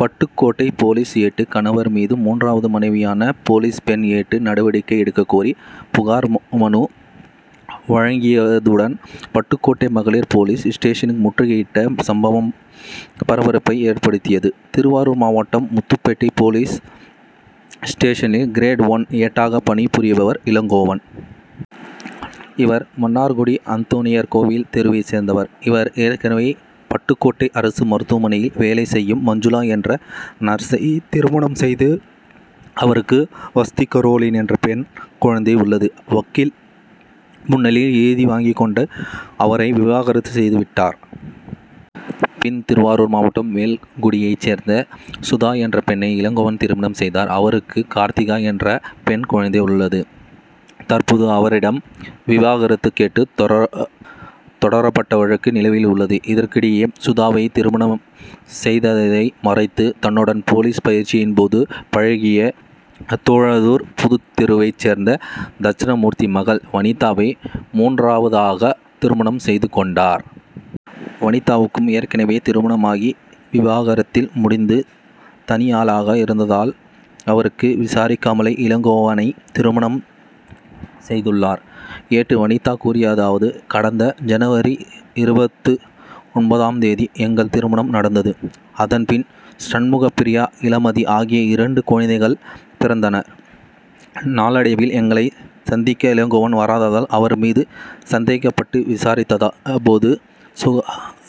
Pattukkottai police ஏட்டு கணவர் மீது, மூன்றாவது மனைவியான போலீஸ் பெண் ஏட்டு நடவடிக்கை எடுக்கக்கோரி புகார் மனு வழங்கியதுடன், பட்டுக்கோட்டை மகளிர் போலீஸ் ஸ்டேஷனை முற்றுகையிட்ட சம்பவம் பரபரப்பை ஏற்படுத்தியது. திருவாரூர் மாவட்டம் முத்துப்பேட்டை போலீஸ் ஸ்டேஷனில் கிரேடு ஒன் ஏட்டாக பணி புரிபவர் இளங்கோவன். இவர் மன்னார்குடி அந்தோணியார் கோவில் தெருவைச் சேர்ந்தவர். இவர் ஏற்கனவே பட்டுக்கோட்டை அரசு மருத்துவமனையில் வேலை செய்யும் மஞ்சுளா என்ற நர்சை திருமணம் செய்து அவருக்கு வஸ்திகரோலின் என்ற பெண் குழந்தை உள்ளது. வக்கீல் முன்னிலையில் எழுதி வாங்கிக் கொண்டு அவரை விவாகரத்து செய்து விட்டார். பின், திருவாருர் மாவட்டம் வேல்குடியைச் சேர்ந்த சுதா என்ற பெண்ணை இளங்கோவன் திருமணம் செய்தார். அவருக்கும் கார்த்திகா என்ற பெண் குழந்தை உள்ளது. தற்போது அவரிடம் விவாகரத்து கேட்டு தொடரப்பட்ட வழக்கு நிலுவையில் உள்ளது. இதற்கிடையில், சுதாவை திருமணம் செய்ததை மறைத்து தன்னோடு போலீஸ் பயிற்சியின் போது பழகிய தொழுதூர் புதுத்தெருவைச் சேர்ந்த தெட்சணாமூர்த்தி மகள் வனிதாவை, மூன்றாவதாக திருமணம் செய்து கொண்டார். வனிதாவுக்கும் ஏற்கனவே திருமணமாகி விவாகரத்தில் முடிந்து தனியாளாய் இருந்ததால் அவரும் விசாரிக்காமல் இளங்கோவனை திருமணம் செய்துள்ளார். ஏட்டு வனிதா கூறியதாவது: கடந்த ஜன., இருபத்து ஒன்பதாம் தேதி எங்கள் திருமணம் நடந்தது. அதன் பின் சண்முகப்பிரியா இளமதி ஆகிய இரண்டு குழந்தைகள் பிறந்தனர். நாளடைவில் எங்களை சந்திக்க இளங்கோவன் வராததால் அவர் மீது சந்தேகப்பட்டு விசாரித்த போது,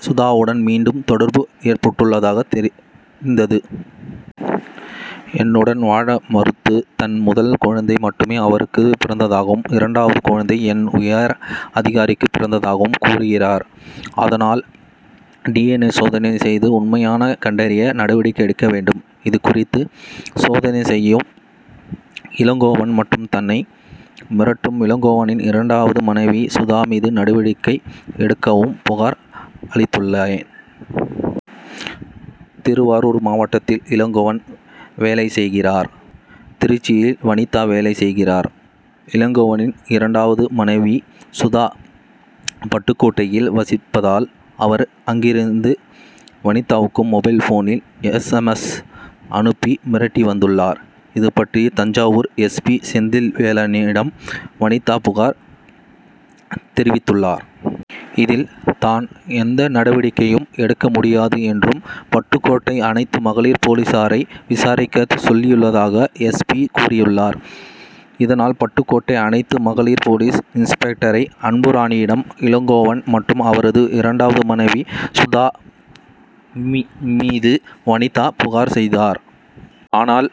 சுதாவுடன் மீண்டும் தொடர்பு ஏற்பட்டுள்ளது தெரிந்தது. என்னுடன் வாழ மறுத்து, தன் முதல் குழந்தை மட்டும் அவருக்கு பிறந்ததாகவும், இரண்டாவது குழந்தை என் உயர் அதிகாரிக்கு பிறந்ததாகவும் கூறுகிறார். அதனால், டி. என். ஏ., சோதனை செய்து உண்மை கண்டறிய நடவடிக்கை எடுக்க வேண்டும். இதுகுறித்து, சோதனை செய்யவும், இளங்கோவன் மற்றும் தன்னை மிரட்டும் இளங்கோவனின் இரண்டாவது மனைவி சுதா மீது நடவடிக்கை எடுக்கவும் புகார் அளித்துள்ளேன். திருவாரூர் மாவட்டத்தில் இளங்கோவன் வேலை செய்கிறார். திருச்சியில் வனிதா வேலை செய்கிறார். இளங்கோவனின் இரண்டாவது மனைவி சுதா, பட்டுக்கோட்டையில் வசிப்பதால், அவர் அங்கிருந்து வனிதாவுக்கு மொபைல்போனில் எஸ். எம். எஸ்., அனுப்பி மிரட்டி வந்துள்ளார். இதுபற்றி தஞ்சாவூர் எஸ். பி., செந்தில்வேலனிடம் வனிதா புகார் தெரிவித்துள்ளார். இதில், தான் எந்த நடவடிக்கையும் எடுக்க முடியாது என்றும், பட்டுக்கோட்டை அனைத்து மகளிர் போலீசாரை விசாரிக்க சொல்லியுள்ளதாக, எஸ். பி., கூறியுள்ளார். இதனால், பட்டுக்கோட்டை அனைத்து மகளிர் போலீஸ் இன்ஸ்பெக்டர் அன்புராணியிடம் இளங்கோவன் மற்றும் அவரது இரண்டாவது மனைவி சுதா மீது வனிதா புகார் செய்தார். ஆனால்,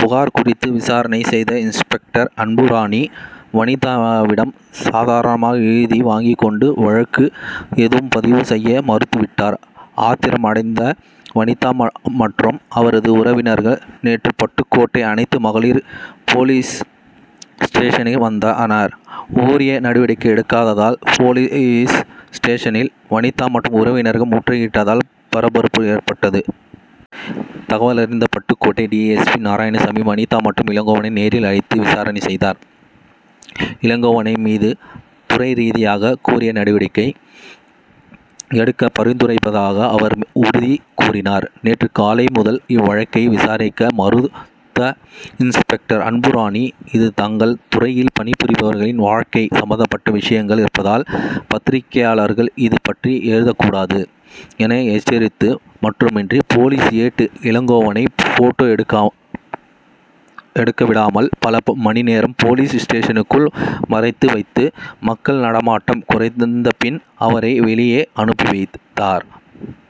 புகார் குறித்து விசாரணை செய்த இன்ஸ்பெக்டர் அன்புராணி, வனிதாவிடம் சாதாரணமாக எழுதி வாங்கிக் கொண்டு வழக்கு ஏதும் பதிவு செய்ய மறுத்துவிட்டார். ஆத்திரம் அடைந்த வனிதா மற்றும் அவரது உறவினர்கள் நேற்று பட்டுக்கோட்டை அனைத்து மகளிர் போலீஸ் ஸ்டேஷன் வந்தனர். உரிய நடவடிக்கை எடுக்காததால், போலீஸ் ஸ்டேஷனை வனிதா மற்றும் உறவினர்கள் முற்றுகையிட்டதால் பரபரப்பு ஏற்பட்டது. தகவலறிந்த Pattukkottai D. S. P., Narayanasamy, Vanitha மற்றும் இளங்கோவனை நேரில் அழைத்து விசாரணை செய்தார். இளங்கோவன் மீது துறை ரீதியாக உரிய நடவடிக்கை எடுக்க பரிந்துரைப்பதாக அவர் உறுதி கூறினார். நேற்று காலை முதல் இவ்வழக்கை விசாரிக்க மறுத்த இன்ஸ்பெக்டர் அன்புராணி, இது தங்கள் துறையில் பணி புரிபவர்களின் வாழ்க்கை சம்பந்தப்பட்ட விஷயமாக இருப்பதால், பத்திரிகையாளர்கள் இது பற்றி எழுதக் கூடாது,' என, எச்சரித்தது மட்டுமின்றி, போலீஸ் ஏட்டு இளங்கோவனை போட்டோ எடுக்கவிடாமல் பல மணி நேரம் போலீஸ் ஸ்டேஷனுக்குள் மறைத்து வைத்து, மக்கள் நடமாட்டம் குறைந்த பின் அவரை வெளியே அனுப்பி வைத்தார்.